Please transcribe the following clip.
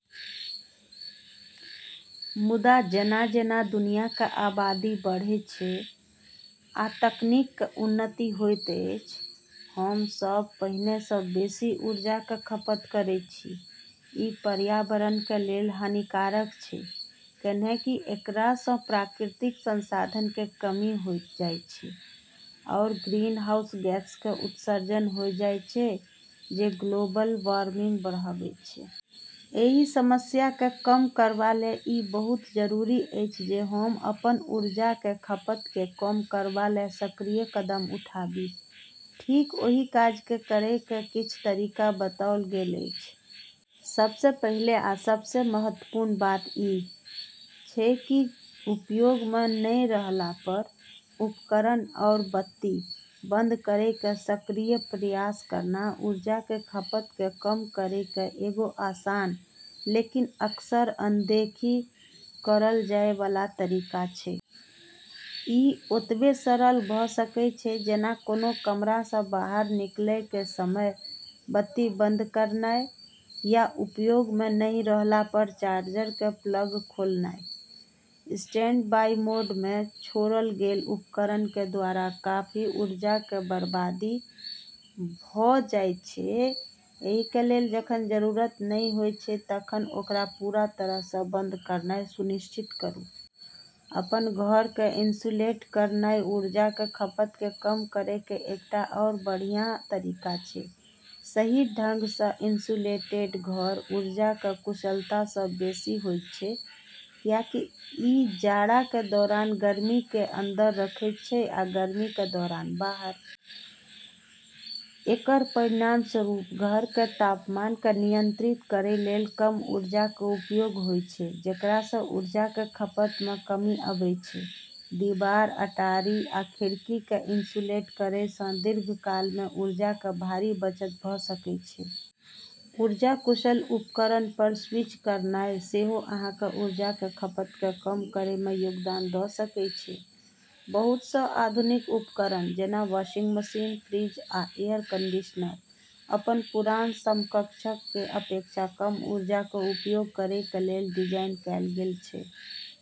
मुदा, जेना-जेना दुनिया के आबादी बढ़ैत अछि आ तकनीक के उन्नति होइत अछि, हम सब पहिने सँ बेसी ऊर्जा के खपत करैत छी। ई पर्यावरण के लेल हानिकारक छै, कैन्हेंकि एकरा स॑ प्राकृतिक संसाधन के कमी होय जाय छै, आरू ग्रीनहाउस गैस के उत्सर्जन होय जाय छै जे ग्लोबल वार्मिंग बढ़ाबै छै। एहि समस्या के कम करबा लेल ई बहुत जरूरी अछि जे हम अपन ऊर्जा के खपत के कम करबा लेल सक्रिय कदम उठाबी। ठीक ओहि काज के करय के किछ तरीका बताओल गेल अछि। सबसें पहिले आ सबसें महत्वपूर्ण बात ई छै कि उपयोग म॑ नै रहला पर उपकरण आरू बत्ती बंद करै के सक्रिय प्रयास करना ऊर्जा के खपत क॑ कम करै के एगो आसान लेकिन अक्सर अनदेखी करलऽ जाय वाला तरीका छै। ई ओतबे सरल भऽ सकएय छै जेना कोनों कमरा सँ बाहर निकलएय के समय बत्ती बंद करनाय, या उपयोग मे नहि रहला पर चार्जर के प्लग खोलनाय। स्टैंडबाई मोड मे छोड़ल गेल उपकरण के द्वारा काफी ऊर्जा के बर्बादी भऽ जाइत छै, एहि के लेल जखन जरूरत नहि होयत छै तखन ओकरा पूरा तरह सँ बंद करनाय सुनिश्चित करू। अपन घर के इन्सुलेट करनाय ऊर्जा के खपत के कम करय के एकटा आ बढ़िया तरीका छै। सही ढंग सँ इन्सुलेटेड घर ऊर्जा के कुशलता सँ बेसि होइत छै, कियाकि ई जाड़ा के दौरान गर्मी के अंदर रखैत छै, आ गर्मी के दौरान बाहर। एकरऽ परिणामस्वरूप घर के तापमान क॑ नियंत्रित करै लेल कम ऊर्जा के उपयोग होय छै, जेकरा स॑ ऊर्जा के खपत म॑ कमी आबै छै। दीवार, अटारी आ खिड़की के इन्सुलेट करय सँ दीर्घकाल मे ऊर्जा के भारी बचत भऽ सकय छै। ऊर्जा कुशल उपकरण पर स्विच करनाय सेहो अहाँ के ऊर्जा के खपत के कम करय मे योगदान दऽ सकय छै। बहुत सं आधुनिक उपकरण, जेना वाशिंग मशीन, फ्रिज, आ एयर कंडीशनर, अपन पुरान समकक्षक के अपेक्षा कम ऊर्जा के उपयोग करय के लेल डिजाइन कैल गेल छै।